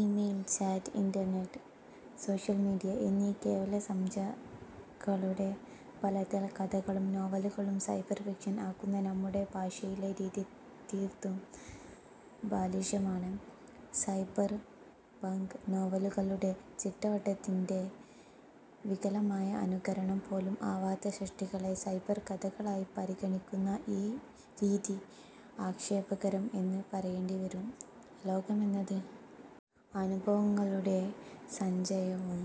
Email, chat, internet, social media എന്നീ കേവല സംജ്ഞകളുടെ ബലത്തിൽ കഥകളും നോവലുകളും സൈബർ ഫിക്ഷൻ ആക്കുന്ന നമ്മുടെ ഭാഷയിലെ രീതി തീർത്തും ബാലിശമാണ്. സൈബർപങ്ക് നോവലുകളുടെ ചിട്ടവട്ടത്തിൻ്റെ വികലമായ അനുകരണം പോലും ആവാത്ത സൃഷ്ടികളെ സൈബർ കഥകളായി പരിഗണിക്കുന്ന രീതി ആക്ഷേപകരം എന്ന് പറയേണ്ടിവരും. ലോകമെന്നത് അനുഭവങ്ങളുടെ സഞ്ചയവും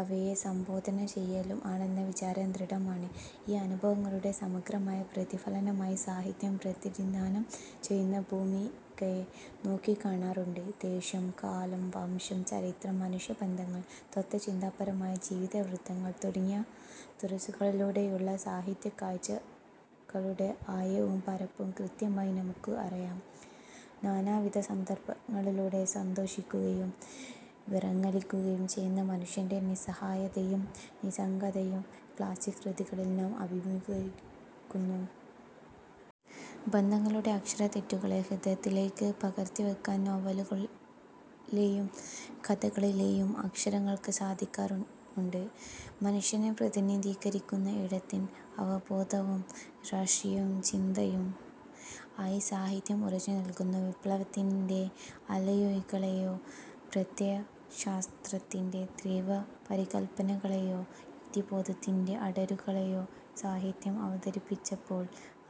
അവയെ സംബോധന ചെയ്യലും ആണെന്ന വിചാരം ദൃഢമാണ്. ഈ അനുഭവങ്ങളുടെ സമഗ്രമായ പ്രതിഫലനമായി സാഹിത്യം പ്രതിനിധാനം ചെയ്യുന്ന ഭൂമികയെ നോക്കിക്കാണാറുണ്ട്. ദേശം, കാലം, വംശം, ചരിത്രം, മനുഷ്യബന്ധങ്ങൾ, തത്ത്വചിന്താപരമായ ജീവിതവൃത്തങ്ങൾ തുടങ്ങിയ തുറസ്സുകളിലൂടെയുള്ള സാഹിത്യകാഴ്ചകളുടെ ആഴവും പരപ്പും കൃത്യമായി നമുക്ക് അറിയാം. നാനാവിധ സന്ദർഭങ്ങളിലൂടെ സന്തോഷിക്കുകയും വിറങ്ങലിക്കുകയും ചെയ്യുന്ന മനുഷ്യൻ്റെ നിസ്സഹായതയും നിസ്സംഗതയും ക്ലാസിക് കൃതികളിൽ നാം അഭിമുഖീകരിച്ചു. ബന്ധങ്ങളുടെ അക്ഷരത്തെറ്റുകളെ ഹൃദയങ്ങളിലേക്ക് പകർത്തിവയ്ക്കാൻ നോവലുകളിലെയും കഥകളിലെയും അക്ഷരങ്ങൾക്ക് സാധിക്കാറുമുണ്ട്. മനുഷ്യനെ പ്രതിനിധീകരിക്കുന്ന ഇടത്തിൻ്റെ അവബോധവും രാഷ്ട്രീയവും ചിന്തയും ആയി സാഹിത്യം ഉറച്ചുനിൽക്കുന്നു. വിപ്ലവത്തിൻ്റെ അലയൊലികളെയോ പ്രത്യയശാസ്ത്രത്തിൻ്റെ തീവ്ര പരികൽപനകളെയോ യുക്തിബോധത്തിൻ്റെ അടരുകളെയോ സാഹിത്യം അവതരിപ്പിച്ചപ്പോൾ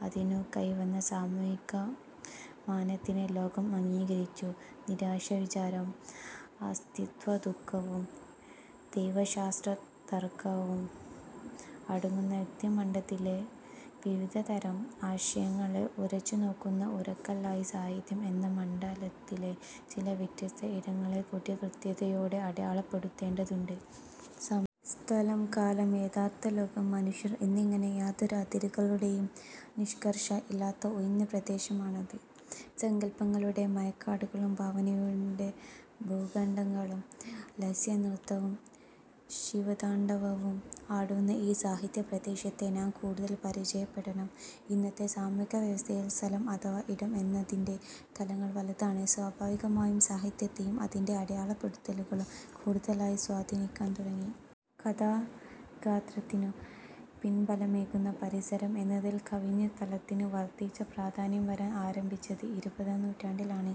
അതിനു കൈവന്ന സാമൂഹികമാനത്തിനെ ലോകം അംഗീകരിച്ചു. നിരാശതാവിചാരവും അസ്തിത്വദുഃഖവും ദൈവശാസ്ത്രതർക്കവും അടങ്ങുന്ന യുക്തിമണ്ഡലത്തിലെ വിവിധതരം ആശയങ്ങളെ ഉരച്ചുനോക്കുന്ന ഉരകല്ലായ സാഹിത്യം എന്ന മണ്ഡലത്തിലെ ചില വ്യത്യസ്ത ഇടങ്ങളെ കൂടി കൃത്യതയോടെ അടയാളപ്പെടുത്തേണ്ടതുണ്ട്. സമയ, സ്ഥലം, കാലം, യഥാർഥലോകം, മനുഷ്യർ എന്നിങ്ങനെ യാതൊരു അതിരുകളുടെയും നിഷ്കർഷ ഇല്ലാത്ത ഒഴിഞ്ഞ പ്രദേശമാണത്. സങ്കൽപ്പങ്ങളുടെ മഴക്കാടുകളും ഭാവനയുടെ ഭൂഖണ്ഡങ്ങളും ലാസ്യനൃത്തവും ശിവതാണ്ഡവവും ആടുന്ന ഈ സാഹിത്യ പ്രദേശത്തെ നാം കൂടുതൽ പരിചയപ്പെടണം. ഇന്നത്തെ സാമൂഹികവ്യവസ്ഥിതിയിൽ സ്ഥലം അഥവാ ഇടം എന്നതിൻ്റെ തലങ്ങൾ വലുതാണ്. സ്വാഭാവികമായും സാഹിത്യത്തെയും അതിൻ്റെ അടയാളപ്പെടുത്തലുകൾ കൂടുതലായി സ്വാധീനിക്കാൻ തുടങ്ങി. കഥാഗാത്രത്തിനു പിൻബലമേകുന്ന പരിസരം എന്നതിൽ കവിഞ്ഞ് സ്ഥലത്തിന് വർധിച്ച പ്രാധാന്യം വരാൻ ആരംഭിച്ചത് ഇരുപതാം നൂറ്റാണ്ടിലാണ്.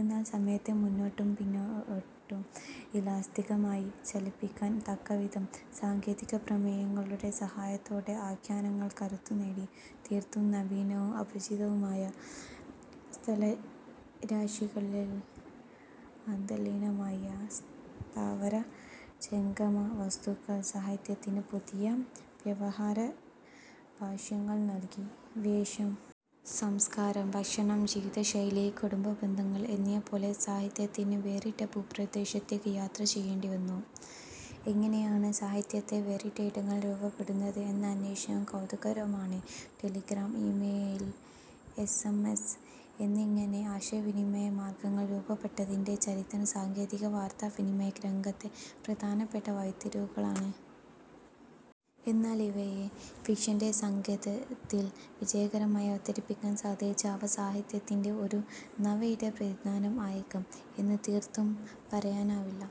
എന്നാൽ സമയത്തെ മുന്നോട്ടും പിന്നോട്ടും ഇലാസ്തികമായി ചലിപ്പിക്കാൻ തക്കവിധം സാങ്കേതികപ്രമേയങ്ങളുടെ സഹായത്തോടെ ആഖ്യാനങ്ങൾ കരുത്തുനേടി. തീർത്തും നവീനവും അപരിചിതവുമായ സ്ഥലരാശികളിൽ അന്തർലീനമായ സ്ഥാവര ജംഗമ വസ്തുക്കൾ സാഹിത്യത്തിന് പുതിയ വ്യവഹാരഭാഷ്യങ്ങൾ നൽകി. വേഷം, സംസ്കാരം, ഭക്ഷണം, ജീവിതശൈലി, കുടുംബബന്ധങ്ങൾ എന്നിവ പോലെ സാഹിത്യത്തിനും വേറിട്ട ഭൂപ്രദേശത്തേക്ക് യാത്ര ചെയ്യേണ്ടിവന്നു. എങ്ങനെയാണ് സാഹിത്യത്തിൻ്റെ വേറിട്ട ഇടങ്ങൾ രൂപപ്പെടുന്നത് എന്ന അന്വേഷണം കൗതുകകരമാണ്. Telegram, email, S M S എന്നിങ്ങനെയുള്ള ആശയവിനിമയ മാർഗങ്ങൾ രൂപപ്പെട്ടതിൻ്റെ ചരിത്രം സാങ്കേതിക വാർത്താവിനിമയ രംഗത്തെ പ്രധാനപ്പെട്ട വഴിത്തിരിവുകളാണ്. എന്നാലിവയെ ഫിക്ഷൻ്റെ സങ്കേതത്തിൽ വിജയകരമായി അവതരിപ്പിക്കാൻ സാധിച്ചാൽ അവ സാഹിത്യത്തിൻ്റെ ഒരു നവയിട പ്രതിനിധാനം ആയേക്കും എന്ന് തീർത്തും പറയാനാവില്ല.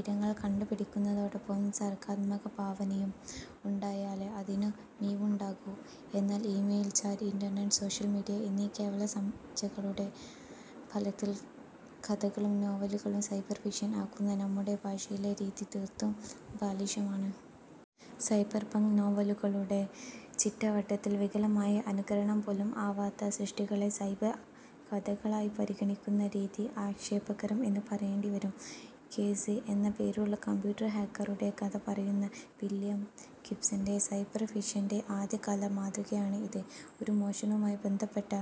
ഇടങ്ങൾ കണ്ടുപിടിക്കുന്നതോടൊപ്പം സർഗാത്മകഭാവനയും ഉണ്ടായാലേ അതിനു മിഴിവുണ്ടാകൂ. എന്നാൽ email, chat, internet, social media എന്നീ കേവല സംജ്ഞകളുടെ ബലത്തിൽ കഥകളും നോവലുകളും സൈബർ ഫിക്ഷൻ ആക്കുന്ന നമ്മുടെ ഭാഷയിലെ രീതി തീർത്തും ബാലിശമാണ്. സൈബർപങ്ക് നോവലുകളുടെ ചിട്ടവട്ടത്തിൻ്റെ വികലമായ അനുകരണം പോലും ആവാത്ത സൃഷ്ടികളെ സൈബർ കഥകളായി പരിഗണിക്കുന്ന രീതി ആക്ഷേപകരം എന്ന് പറയേണ്ടിവരും. കേസ് എന്ന പേരുള്ള കമ്പ്യൂട്ടർ ഹാക്കറുടെ കഥ പറയുന്ന വില്യം ഗിബ്സൻ്റെ സൈബർ ഫിക്ഷൻ്റെ ആദ്യകാല മാതൃകയാണ് ഇത്. ഒരു മോഷണവുമായി ബന്ധപ്പെട്ട്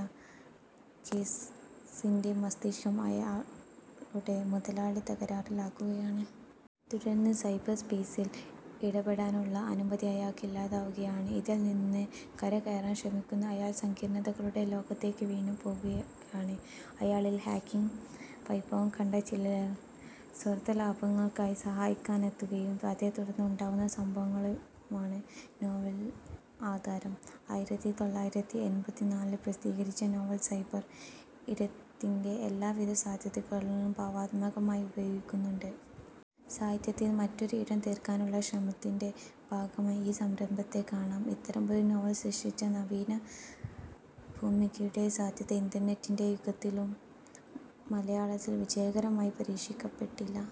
കേസിൻ്റെ മസ്തിഷ്കം അയാളുടെ മുതലാളി തകരാറിലാക്കുകയാണ്. തുടർന്ന് സൈബർസ്പേസിൽ ഇടപെടാനുള്ള അനുമതി അയാൾക്ക് ഇല്ലാതാവുകയാണ്. ഇതിൽനിന്ന് കരകയറാൻ ശ്രമിക്കുന്ന അയാൾ സങ്കീർണതകളുടെ ലോകത്തേക്ക് വീണുപോകുകയാണ്. അയാളിലെ ഹാക്കിങ് വൈഭവം കണ്ട ചിലർ സ്വാർഥലാഭങ്ങൾക്കായി സഹായിക്കാനെത്തുകയും അതേ തുടർന്ന് ഉണ്ടാവുന്ന സംഭവങ്ങളുമാണ് നോവലിന് ആധാരം. ആയിരത്തി തൊള്ളായിരത്തി എൺപത്തിനാലിൽ പ്രസിദ്ധീകരിച്ച നോവൽ സൈബർ ഇടത്തിൻ്റെ എല്ലാ വിധ സാധ്യതകളും ഭാവനാത്മകമായി ഉപയോഗിക്കുന്നുണ്ട്. സാഹിത്യത്തിൽ മറ്റൊരു ഇടം തീർക്കാനുള്ള ശ്രമത്തിൻ്റെ ഭാഗമായി ഈ സംരംഭത്തെ കാണാം. ഇത്തരമൊരു നോവൽ സൃഷ്ടിച്ച നവീന ഭൂമികയുടെ സാധ്യത ഇന്റർനെറ്റിൻ്റെ യുഗത്തിലും മലയാളത്തിൽ വിജയകരമായി പരീക്ഷിക്കപ്പെട്ടില്ല.